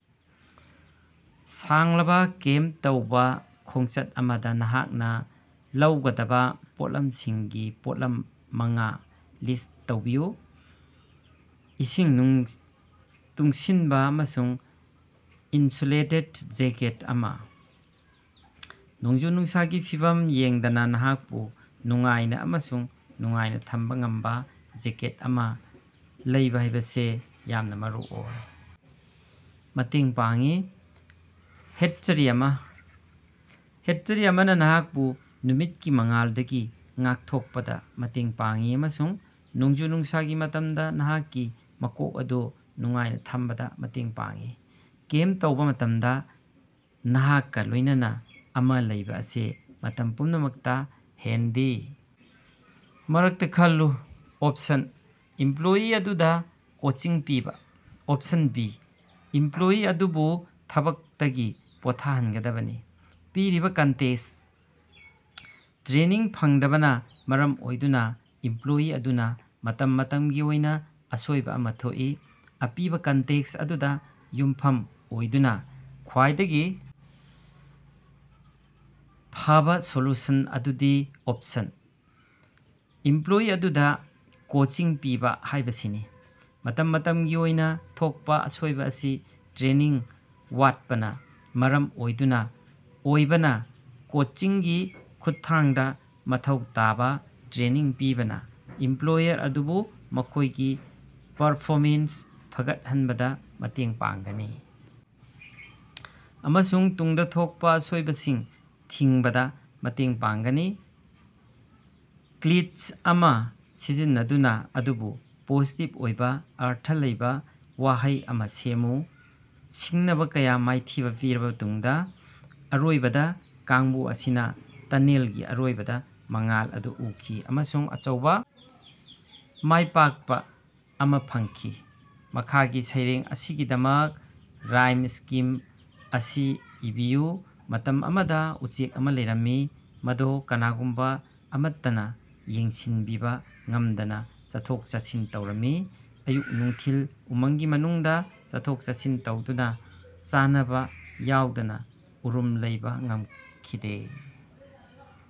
ꯁꯥꯡꯂꯕ ꯀꯦꯝꯞ ꯇꯧꯕ ꯈꯣꯡꯆꯠ ꯑꯃꯗꯥ ꯅꯍꯥꯛꯅ ꯂꯧꯒꯗꯕ ꯄꯣꯠꯂꯝꯁꯤꯡꯒꯤ ꯄꯣꯠꯂꯝ ꯃꯉꯥ ꯂꯤꯁ꯭ꯠ ꯇꯧꯕꯤꯌꯨ꯫ ꯏꯁꯤꯡ ꯇꯨꯡꯁꯤꯟꯕ ꯑꯃꯁꯨꯡ ꯏꯟꯁꯨꯂꯦꯇꯦꯠ ꯖꯦꯀꯦꯠ ꯑꯃꯥ: ꯅꯣꯡꯖꯨ-ꯅꯨꯡꯁꯥꯒꯤ ꯐꯤꯚꯝ ꯌꯦꯡꯗꯅ ꯅꯍꯥꯛꯄꯨ ꯅꯨꯡꯉꯥꯏꯅ ꯑꯃꯁꯨꯡ ꯅꯨꯡꯉꯥꯏꯅ ꯊꯝꯕ ꯉꯝꯕ ꯖꯦꯀꯦꯠ ꯑꯃꯥ ꯂꯩꯕ ꯍꯥꯏꯕꯁꯤ ꯌꯥꯝꯅ ꯃꯔꯨꯑꯣꯏ꯫ ꯃꯇꯦꯡ ꯄꯥꯡꯏ꯫ ꯍꯦꯠꯆꯔꯤ ꯑꯃꯥ: ꯍꯦꯠꯆꯔꯤ ꯑꯃꯅ ꯅꯍꯥꯛꯄꯨ ꯅꯨꯃꯤꯠꯀꯤ ꯃꯉꯥꯜꯗꯒꯤ ꯉꯥꯛꯊꯣꯛꯄꯗꯥ ꯃꯇꯦꯡ ꯄꯥꯡꯏ ꯑꯃꯁꯨꯡ ꯅꯣꯡꯖꯨ-ꯅꯨꯡꯁꯥꯒꯤ ꯃꯇꯝꯗ ꯅꯍꯥꯛꯀꯤ ꯃꯀꯣꯛ ꯑꯗꯨ ꯅꯨꯡꯉꯥꯏꯅ ꯊꯝꯕꯗ ꯃꯇꯦꯡ ꯄꯥꯡꯏ꯫ ꯀꯦꯝꯞ ꯇꯧꯕ ꯃꯇꯝꯗ ꯅꯍꯥꯛꯀ ꯂꯣꯏꯅꯅ ꯑꯃꯥ ꯂꯩꯕ ꯑꯁꯤ ꯃꯇꯝ ꯄꯨꯝꯅꯃꯛꯇ ꯍꯦꯟꯗꯤ ꯃꯔꯛꯇ ꯈꯜꯂꯨ, ꯑꯣꯞꯁꯟ: ꯏꯝꯄ꯭ꯂꯣꯌꯤ ꯑꯗꯨꯗ ꯀꯣꯆꯤꯡ ꯄꯤꯕ꯫ ꯑꯣꯞꯁꯟ ꯕꯤ: ꯏꯝꯄ꯭ꯂꯣꯌꯤ ꯑꯗꯨꯕꯨ ꯊꯕꯛꯇꯒꯤ ꯄꯣꯠꯊꯥꯍꯟꯒꯗꯕꯅꯤ꯫ ꯄꯤꯔꯤꯕ ꯀꯟꯇꯦꯛꯁꯠ: ꯇ꯭ꯔꯦꯅꯤꯡ ꯐꯪꯗꯕꯅ ꯃꯔꯝ ꯑꯣꯏꯗꯨꯅ ꯏꯝꯄ꯭ꯂꯣꯌꯤ ꯑꯗꯨꯅ ꯃꯇꯝ ꯃꯇꯝꯒꯤ ꯑꯣꯏꯅ ꯑꯁꯣꯏꯕ ꯑꯃꯥ ꯊꯣꯛꯏ꯫ ꯑꯄꯤꯕ ꯀꯟꯇꯦꯛꯁ ꯑꯗꯨꯗ ꯌꯨꯝꯐꯝ ꯑꯣꯏꯗꯨꯅ, ꯈ꯭ꯋꯥꯏꯗꯒꯤ ꯐꯕꯥ ꯁꯣꯂꯨꯁꯟ ꯑꯗꯨꯗꯤ ꯑꯣꯞꯁꯟ: ꯏꯝꯄ꯭ꯂꯣꯌꯤ ꯑꯗꯨꯗ ꯀꯣꯆꯤꯡ ꯄꯤꯕ ꯍꯥꯏꯕꯁꯤꯅꯤ꯫ ꯃꯇꯝ ꯃꯇꯝꯒꯤ ꯑꯣꯏꯅ ꯊꯣꯛꯄꯥ ꯑꯁꯣꯏꯕ ꯑꯁꯤ ꯇ꯭ꯔꯦꯅꯤꯡ ꯋꯥꯠꯄꯅ ꯃꯔꯝ ꯑꯣꯏꯗꯨꯅ ꯑꯣꯏꯕꯅ, ꯀꯣꯆꯤꯡꯒꯤ ꯈꯨꯠꯊꯥꯡꯗ ꯃꯊꯧ ꯇꯥꯕ ꯇ꯭ꯔꯦꯅꯤꯡ ꯄꯤꯕꯅ ꯑꯦꯝꯄ꯭ꯂꯣꯌꯔ ꯑꯗꯨꯕꯨ ꯃꯈꯣꯏꯒꯤ ꯄꯔꯐꯣꯃꯦꯟꯁ ꯐꯒꯠꯍꯟꯕꯗ ꯃꯇꯦꯡ ꯄꯥꯡꯒꯅꯤ ꯑꯃꯁꯨꯡ ꯇꯨꯡꯗ ꯊꯣꯛꯄ ꯑꯁꯣꯏꯕꯁꯤꯡ ꯊꯤꯡꯕꯗ ꯃꯇꯦꯡ ꯄꯥꯡꯒꯅꯤ꯫ ꯀ꯭ꯂꯤꯆ ꯑꯃꯥ ꯁꯤꯖꯤꯟꯅꯗꯨꯅ ꯑꯗꯨꯕꯨ ꯄꯣꯖꯤꯇꯤꯕ ꯑꯣꯏꯕ ꯑꯔꯊ ꯂꯩꯕ ꯋꯥꯍꯩ ꯑꯃ ꯁꯦꯝꯃꯨ꯫ ꯁꯤꯡꯅꯕ ꯀꯌꯥ ꯃꯥꯏꯊꯤꯕ ꯄꯤꯔꯕ ꯃꯇꯨꯡꯗ ꯑꯔꯣꯏꯕꯗ ꯀꯥꯡꯕꯨ ꯑꯁꯤꯅ ꯇꯅꯦꯜꯒꯤ ꯑꯔꯣꯏꯕꯗ ꯃꯉꯥꯜ ꯑꯗꯨ ꯎꯈꯤ ꯑꯃꯁꯨꯡ ꯑꯆꯧꯕ ꯃꯥꯏꯄꯥꯛꯄ ꯑꯃꯥ ꯐꯪꯈꯤ꯫ ꯃꯈꯥꯒꯤ ꯁꯩꯔꯦꯡ ꯑꯁꯤꯒꯤꯗꯃꯛ ꯔꯥꯏꯝ ꯁ꯭ꯀꯤꯝ ꯑꯁꯤ ꯏꯕꯤꯌꯨ꯫ ꯃꯇꯝ ꯑꯃꯗ ꯎꯆꯦꯛ ꯑꯃ ꯂꯩꯔꯝꯃꯤ ꯃꯗꯨ ꯀꯅꯥꯒꯨꯝꯕ ꯑꯃꯠꯇꯅ ꯌꯦꯡꯁꯤꯟꯕꯤꯕ ꯉꯝꯗꯅ ꯆꯠꯊꯣꯛ-ꯆꯠꯁꯤꯟ ꯇꯧꯔꯝꯃꯤ ꯑꯌꯨꯛ-ꯅꯨꯡꯊꯤꯜ ꯎꯃꯪꯒꯤ ꯃꯅꯨꯡꯗ ꯆꯠꯊꯣꯛ-ꯆꯠꯁꯤꯟ ꯇꯧꯗꯨꯅ ꯆꯥꯅꯕ ꯌꯥꯎꯗꯅ ꯎꯔꯨꯝ ꯂꯧꯕ ꯉꯝꯈꯤꯗꯦ꯫